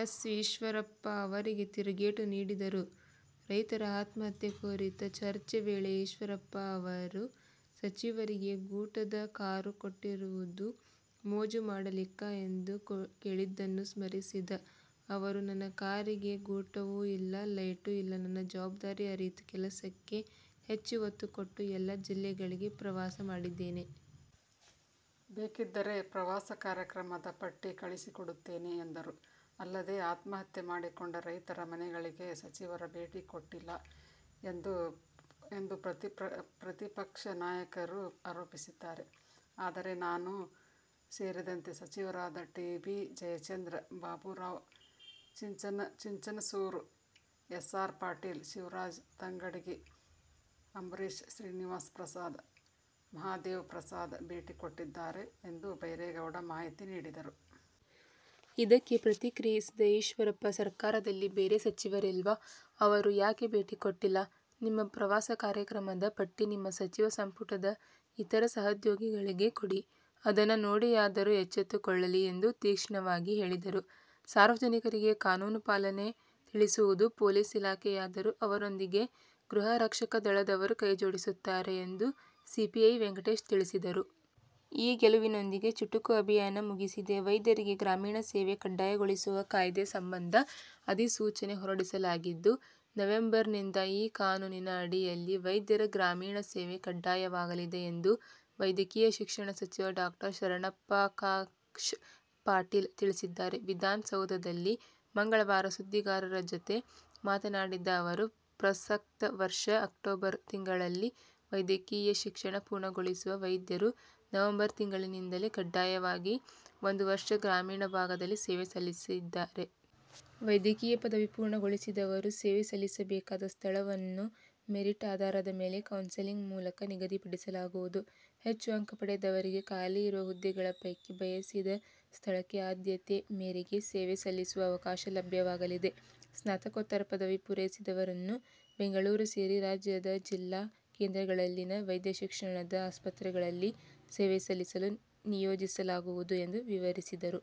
S. Eshwarappa ಅವರಿಗೆ ತಿರುಗೇಟು ನೀಡಿದರು. ರೈತರ ಆತ್ಮಹತ್ಯೆ ಕುರಿತ ಚರ್ಚೆ ವೇಳೆ ಈಶ್ವರಪ್ಪ ಅವರು "ಸಚಿವರಿಗೆ ಗೂಟದ ಕಾರು ಕೊಟ್ಟಿರುವುದು ಮೋಜು ಮಾಡಲಿಕ್ಕಾ' ಎಂದು ಕೇಳಿದ್ದನ್ನು ಸ್ಮರಿಸಿದ ಅವರು, ನನ್ನ ಕಾರಿಗೆ ಗೂಟವೂ ಇಲ್ಲ, ಲೈಟೂ ಇಲ್ಲ. ನನ್ನ ಜವಾಬ್ದಾರಿ ಅರಿತು ಕೆಲಸಕ್ಕೆ ಹೆಚ್ಚು ಒತ್ತು ಕೊಟ್ಟು ಎಲ್ಲ ಜಿಲ್ಲೆಗಳಿಗೆ ಪ್ರವಾಸ ಮಾಡಿದ್ದೇನೆ. ಬೇಕಿದ್ದರೆ ಪ್ರವಾಸ ಕಾರ್ಯಕ್ರಮದ ಪಟ್ಟಿ ಕಳಿಸಿಕೊಡುತ್ತೇನೆ ಎಂದರು. ಅಲ್ಲದೇ ಆತ್ಮಹತ್ಯೆ ಮಾಡಿಕೊಂಡ ರೈತರ ಮನೆಗಳಿಗೆ ಸಚಿವರು ಭೇಟಿ ಕೊಟ್ಟಿಲ್ಲ ಎಂದು ಪ್ರತಿಪಕ್ಷ ನಾಯಕರು ಆರೋಪಿಸಿದ್ದಾರೆ. ಆದರೆ, ನಾನೂ ಸೇರಿದಂತೆ ಸಚಿವರಾದ T. B. Jayachandra, Baburao Chinchansur, S. R. Patil, Shivaraj Tangadagi, Ambareesh, Srinivasprasad, Mahadevprasad ಭೇಟಿ ಕೊಟ್ಟಿದ್ದಾರೆ ಎಂದು ಬೈರೇಗೌಡ ಮಾಹಿತಿ ನೀಡಿದರು. ಇದಕ್ಕೆ ಪ್ರತಿಕ್ರಿಯಿಸಿದ ಈಶ್ವರಪ್ಪ, ಸರ್ಕಾರದಲ್ಲಿ ಬೇರೆ ಸಚಿವರಿಲ್ವಾ, ಅವರು ಯಾಕೆ ಭೇಟಿ ಕೊಟ್ಟಿಲ್ಲ. ನಿಮ್ಮ ಪ್ರವಾಸ ಕಾರ್ಯಕ್ರಮದ ಪಟ್ಟಿ ನಿಮ್ಮ ಸಚಿವ ಸಂಪುಟದ ಇತರ ಸಹೋದ್ಯೋಗಿಗಳಿಗೆ ಕೊಡಿ, ಅದನ್ನು ನೋಡಿಯಾದರೂ ಎಚ್ಚೆತ್ತುಕೊಳ್ಳಲಿ ಎಂದು ತೀಕ್ಷ್ಣವಾಗಿ ಹೇಳಿದರು. ಸಾರ್ವಜನಿಕರಿಗೆ ಕಾನೂನು ಪಾಲನೆ ತಿಳಿಸುವುದು ಪೊಲೀಸ್ ಇಲಾಖೆಯಾದರೂ ಅವರೊಂದಿಗೆ ಗೃಹ ರಕ್ಷಕ ದಳದವರು ಕೈಜೋಡಿಸುತ್ತಾರೆ ಎಂದು ಸಿಪಿಐ ವೆಂಕಟೇಶ್ ತಿಳಿಸಿದರು. ಈ ಗೆಲುವಿನೊಂದಿಗೆ ಚುಟುಕು ಅಭಿಯಾನ ಮುಗಿಸಿದೆ. ವೈದ್ಯರಿಗೆ ಗ್ರಾಮೀಣ ಸೇವೆ ಕಡ್ಡಾಯಗೊಳಿಸುವ ಕಾಯ್ದೆ ಸಂಬಂಧ ಅಧಿಸೂಚನೆ ಹೊರಡಿಸಲಾಗಿದ್ದು, ನವೆಂಬರ್ನಿಂದ ಈ ಕಾನೂನಿನ ಅಡಿಯಲ್ಲಿ ವೈದ್ಯರ ಗ್ರಾಮೀಣ ಸೇವೆ ಕಡ್ಡಾಯವಾಗಲಿದೆ ಎಂದು ವೈದ್ಯಕೀಯ ಶಿಕ್ಷಣ ಸಚಿವ ಡಾ. ಶರಣ್ಪ್ರಕಾಶ್ ಪಾಟೀಲ್ ತಿಳಿಸಿದ್ದಾರೆ. ವಿಧಾನಸೌಧದಲ್ಲಿ ಮಂಗಳವಾರ ಸುದ್ದಿಗಾರರ ಜತೆ ಮಾತನಾಡಿದ ಅವರು, ಪ್ರಸಕ್ತ ವರ್ಷ ಅಕ್ಟೋಬರ್ ತಿಂಗಳಲ್ಲಿ ವೈದ್ಯಕೀಯ ಶಿಕ್ಷಣ ಪೂರ್ಣಗೊಳಿಸುವ ವೈದ್ಯರು ನವೆಂಬರ್ ತಿಂಗಳಿನಿಂದಲೇ ಕಡ್ಡಾಯವಾಗಿ ಒಂದು ವರ್ಷ ಗ್ರಾಮೀಣ ಭಾಗದಲ್ಲಿ ಸೇವೆ ಸಲ್ಲಿಸಲ್ಲಿದ್ದಾರೆ. ವೈದ್ಯಕೀಯ ಪದವಿ ಪೂರ್ಣಗೊಳಿಸಿದವರು ಸೇವೆ ಸಲ್ಲಿಸಬೇಕಾದ ಸ್ಥಳವನ್ನು ಮೆರಿಟ್ ಆಧಾರದ ಮೇಲೆ, ಕೌನ್ಸೆಲಿಂಗ್ ಮೂಲಕ ನಿಗದಿಪಡಿಸಲಾಗುವುದು. ಹೆಚ್ಚು ಅಂಕ ಪಡೆದವರಿಗೆ ಖಾಲಿ ಇರುವ ಹುದ್ದೆಗಳ ಪೈಕಿ ಬಯಸಿದ ಸ್ಥಳಕ್ಕೆ ಆದ್ಯತೆ ಮೇರೆಗೆ ಸೇವೆ ಸಲ್ಲಿಸುವ ಅವಕಾಶ ಲಭ್ಯವಾಗಲಿದೆ. ಸ್ನಾತಕೋತ್ತರ ಪದವಿ ಪೂರೈಸಿದವರನ್ನು ಬೆಂಗಳೂರು ಸೇರಿ ರಾಜ್ಯದ ಜಿಲ್ಲಾ ಕೇಂದ್ರಗಳಲ್ಲಿನ ವೈದ್ಯ ಶಿಕ್ಷಣದ ಆಸ್ಪತ್ರೆಗಳಲ್ಲಿ ಸೇವೆ ಸಲ್ಲಿಸಲು ನಿಯೋಜಿಸಲಾಗುವುದು ಎಂದು ವಿವರಿಸಿದರು.